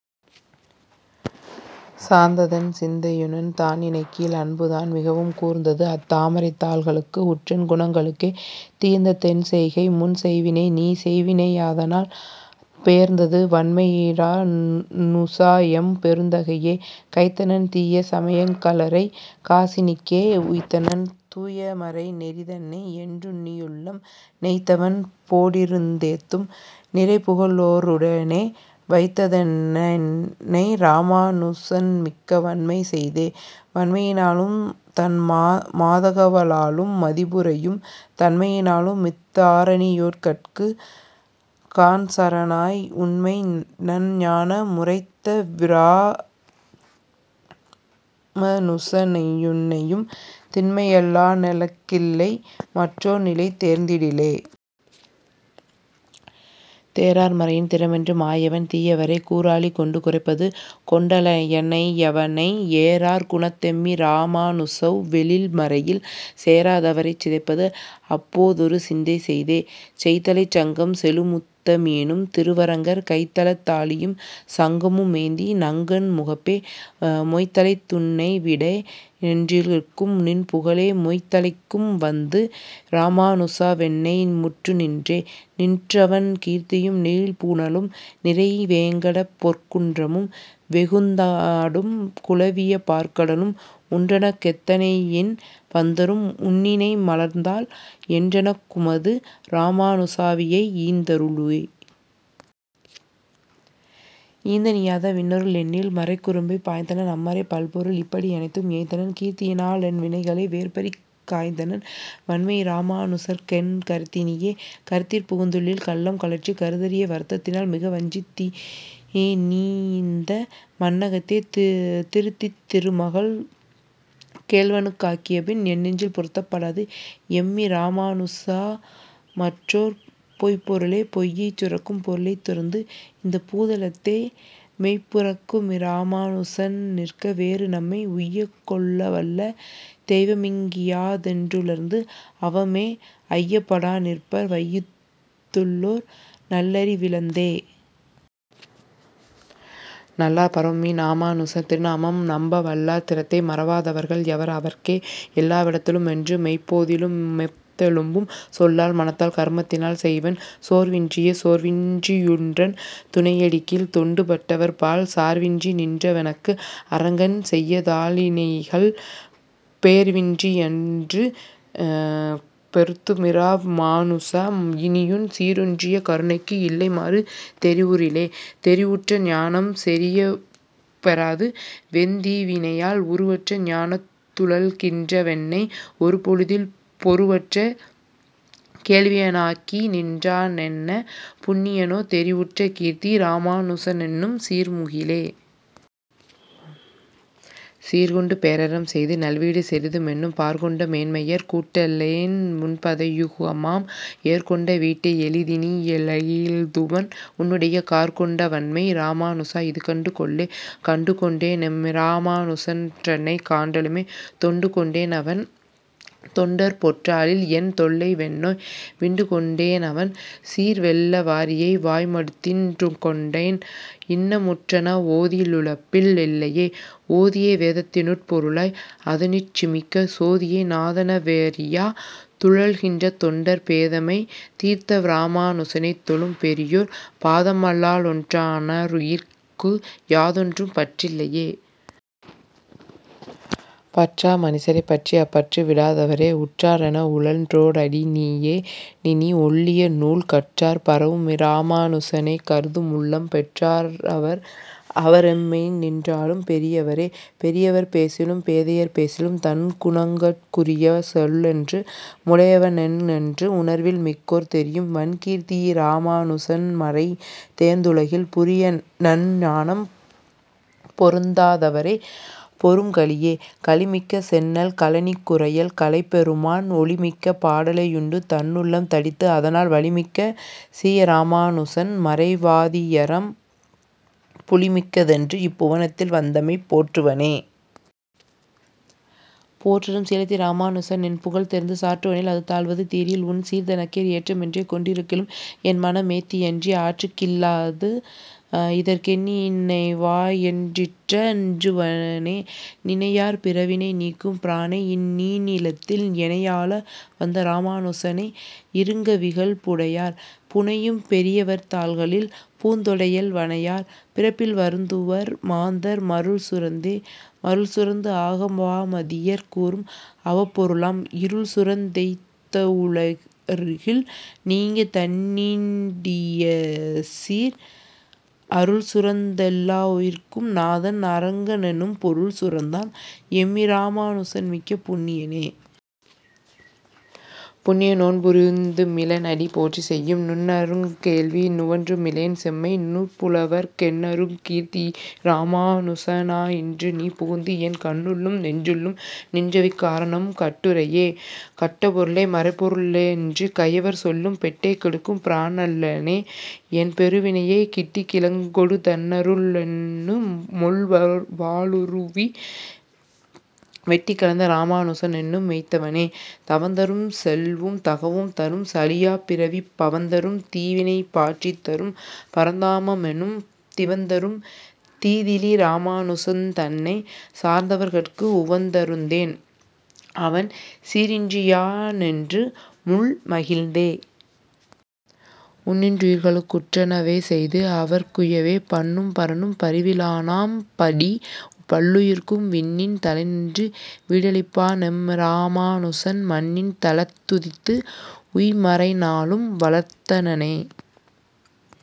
சார்ந்ததென்சிந்தையுன் தாளிணைக்கீழ் அன்புதான் மிகவும் கூர்ந்தது அத்தாமரைத்தாள்களுக்கு உன்றன் குணங்களுக்கே தீர்ந்ததென்செய்கை முன்செய்வினை நீ செய்வினையதனால் பேர்ந்தது வண்மையிராமாநுசா எம் பெருந்தகையே.. கைத்தனன் தீயசமயக்கலகரை காசினிக்கே உய்த்தனன் தூயமறைநெறிதன்னை என்றுன்னியுள்ளம் நெய்த்தவன் போடிருந்தேத்தும் நிறைபுகழோருடனே வைத்தனனென்னை இராமாநுசன்மிக்க வண்மை செய்தே. வண்மையினாலும் தன்மாதகவாலும் மதிபுரையும் தண்மையினாலுமித்தாரணியோர்கட்கு கான்சரணாய் உண்மை நன்ஞானமுரைத்தவிராமாநுசனையுன்னும் திண்மையல்லாலெனக்கில்லை மற்றோர் நிலை தேர்ந்திடிலே. தேரார்மறையின் திறமென்று மாயவன் தீயவரைக் கூராழிகொண்டு குறைப்பது கொண்டலனையவண்மை ஏரார்குணத்தெம்மிராமாநுசனவ் வெழில்மறையில் சேராதவரைச்சிதைப்பது அப்போதொரு சிந்தை செய்தே. செய்த்தலைச்சங்கம் செழுமுத்தமீனும் திருவரங்கர் கைத்தலத்தாழியும் சங்கமுமேந்தி நங்கண் முகப்பே மொய்த்தலைத்துன்னைவிடேனென்றிருக்கிலும் நின்புகழே மொய்த்தலைக்கும் வந்து இராமாநுசாவென்னை முற்றுநின்றே. நின்றவண் கீர்த்தியும் நீள்புனலும் நிறைவேங்கடப்பொற் குன்றமும் வைகுந்தநாடும் குலவியபாற்கடலும் உன்றனக்கெத்தனையின் பந்தரும் உன்னிணைமலர்த்தாள் என்றனக்குமது இராமாநுசாவிவை யீந்தருளே.. ஈந்தனனீயாதவின்னருள் எண்ணில் மறைக்குறும்பைப் பாய்ந்தனன் அம்மறைப் பல்பொருளால் இப்படியனைத்தும் ஏய்ந்தனன் கீர்த்தியினாலென்வினைகளை வேர்பறியக் காய்ந்தனன் வண்மையிராமாநுசற்கென் கருத்தினியே.. கருத்திற் புகுந்துள்ளில் கள்ளம் கழற்றி கருதரிய வருத்தத்தினால் மிகவஞ்சித்து நீயிந்த மண்ணகத்தே திருத்தித்திருமகள் கேள்வனுக்காக்கியபின் என்னெஞ்சில் பொருத்தப்படாது எம்மிராமாநுசாமற்றோர் பொய்ப்பொருளே.. பொய்யைச் சுரக்கும் பொருளைத் துரந்து இந்தப்பூதலத்தே மெய்யைப்புரக்குமிராமாநுசன் நிற்க வேறு நம்மை உய்யக்கொள்ளவல்லதெய்வமிங்கியாதென்றுலர்ந்து அவமே ஐயப்படாநிற்பர் வையத்துள்ளோர் நல்லறிவிழந்தே.. நல்லார்பரவுமிராமாநுசன் திருநாமம் நம்ப வல்லார் திறத்தை மறவாதவர்கள் யவர் அவர்க்கே எல்லாவிடத்திலுமென்றுமெப்போதிலு மெத்தொழும்பும் சொல்லால் மனத்தால் கருமத்தினால் செய்வன் சோர்வின்றியே.. சோர்வின்றியுன்றன் துணையடிக்கீழ் தொண்டுப்பட்டவர்பால் சார்வின்றிநின்றவெனக்கு அரங்கன் செய்யதாளிணைகள் பேர்வின்றியின்றுபெறுத்துமிராமாநுசா இனியுன் சீரொன்றிய கருணைக்கு இல்லைமாறு தெரிவுறிலே.. தெரிவுற்றஞானம் செறியப்பெறாது வெந்தீவினையால் உருவற்ற ஞானத்துழல்கின்றவென்னை ஒருபொழுதில் பொருவற்ற கேள்வியனாக்கிநின்றானென்ன புண்ணியனோ தெரிவுற்ற கீர்த்தி இராமாநுசனென்னும் சீர்முகிலே.. சீர்கொண்டுபேரறம் செய்து நல்வீடுசெறிதுமென்னும் பார்கொண்டமேன்மையர் கூட்டனல்லேன் உன்பதயுகமாம் ஏர்கொண்டவீட்டையெளிதினிலெய்துவன் உன்னுடைய கார்கொண்டவண்மை இராமாநுசா! இதுகண்டு கொள்ளே.. கண்டுகொண்டேனெம்மிராமாநுசன் றன்னை காண்டலுமே தொண்டு கொண்டேனவன் தொண்டர்பொற்றாளில் என் தொல்லை வெந்நோய் விண்டுகொண்டேனவன் சீர்வெள்ளவாரியை வாய்மடுத்தின் றுண்டுகொண்டேன் இன்னமுற்றனவோதிலுலப்பில்லையே.. ஓதியவேதத்தினுட்பொருளாய் அதனுச்சிமிக்க சோதியை நாதனெனவறியா துழல்கின்ற தொண்டர் பேதைமை தீர்த்தவிராமாநுசனைத் தொழும் பெரியோர் பாதமல்லாலென்றன்னாருயிர்க்கு யாதொன்றும் பற்றில்லையே.. பற்றாமனிசரைப்பற்றி அப்பற்றுவிடாதவரே உற்றாரெனவுழன்றோடிநையேனினி ஒள்ளிய நூல் கற்றார்பரவுமிராமாநுசனைக் கருதுமுள்ளம் பெற்றார்யவர் அவரெம்மைநின்றாளும் பெரியவரே.. பெரியவர் பேசிலும் பேதையர்பேசிலும் தன்குணங்கட் குரிய சொல்லென்று முடையவனென்றென்று உணர்வில் மிக்கோர் தெரியும் வண்கீர்த்தியிராமாநுசன்மறை தேர்ந்துலகில் புரியுநன் ஞானம் பொருந்தாதவரைப் பொரும்கலியே.. கலிமிக்க செந்நெல் கழனிக்குறையல் கலைப்பெருமான் ஒலிமிக்க பாடலையுண்டு தன்னுள்ளம் தடித்து அதனால் வலிமிக்க சீயமிராமாநுசன் மறைவாதியராம் புலிமிக்கதென்று இப்புவனத்தில் வந்தமை போற்றுவனே.. போற்றரும் சீலத்திராமாநுச நின்புகழ் தெரிந்து சாற்றுவனேல் அதுதாழ்வது தீரில் உன் சீர்தனக்கோர் ஏற்றமென்றே கொண்டிருக்கிலும் என்மனமேத்தியன்றி ஆற்றகில்லாது இதற்கென்னினைவாயென்றிட்டஞ்சுவனே.. நினையார் பிறவியை நீக்கும் பிரானை இந்நீணிலத்தில் எனையாள வந்தவிராமா னுசனை இருங்கவிகள் புனையார் புனையும் பெரியவர்தாள்களில் பூந்தொடையல் வனையார் பிறப்பில் வருந்துவர் மாந்தர் மருள்சுரந்தே.. மருள் சுரந்து ஆகமவாதியர் கூறும் அவப்பொருளாம் இருள்சுரந்தெய்த்தவுலகிருள் நீங்க தன்னீண்டியசீர் அருள்சுரந்தெல்லாவுயிர்கட்கும் நாதன் அரங்கனென்னும் பொருள் சுரந்தான் எம்மிராமாநுசன் மிக்க புண்ணியனே.. புண்ணிய நோன்புபுரிந்துமிலேன் அடி போற்றி செய்யும் நுண்ணருங்கேள்வி நுவன்றுமிலேன் செம்மை நூற்புலவர்க் கெண்ணருங்கீர்த்தியிராமாநுசா இன்று நீ புகுந்து என் கண்ணுள்ளும் நெஞ்சுள்ளும் நின்றவிக்காரணம் கட்டுரையே.. கட்டப்பொருளை மறைப்பொருளென்று கயவர் சொல்லும் பெட்டைக்கெடுக்கும் பிரானல்லனே என்பெருவினையைக் கிட்டிக்கிழங்கொடுதன்னருளென்னுமொள் வாளுருவி வெட்டிக்களைந்த இராமாநுசனென்னும் மெய்த்தவனே.. தவந்தரும் செல்வும் தகவும் தரும் சலியாப்பிறவிப் பவந்தரும் தீவினைபாற்றித்தரும் பரந்தாமமென்னும் திவந்தரும் தீதிலிராமாநுசன் தன்னைச் சார்ந்தவர்கட்கு உவந்தருந்தேன் அவன் சீரன்றியானென்று முள் மகிழ்ந்தே.. உண்ணின்றுயிர்களுக்குற்றனவே செய்து அவர்க்குயவே பண்ணும்பரனும்பரிவிலனாம்படி பல்லுயிர்க்கும் விண்ணின் தலைநின்று வீடளிப்பானெம்மிராமா னுசன் மண்ணின் தலத்துதித்து உய்மறைநாலும் வளர்த்தனனே..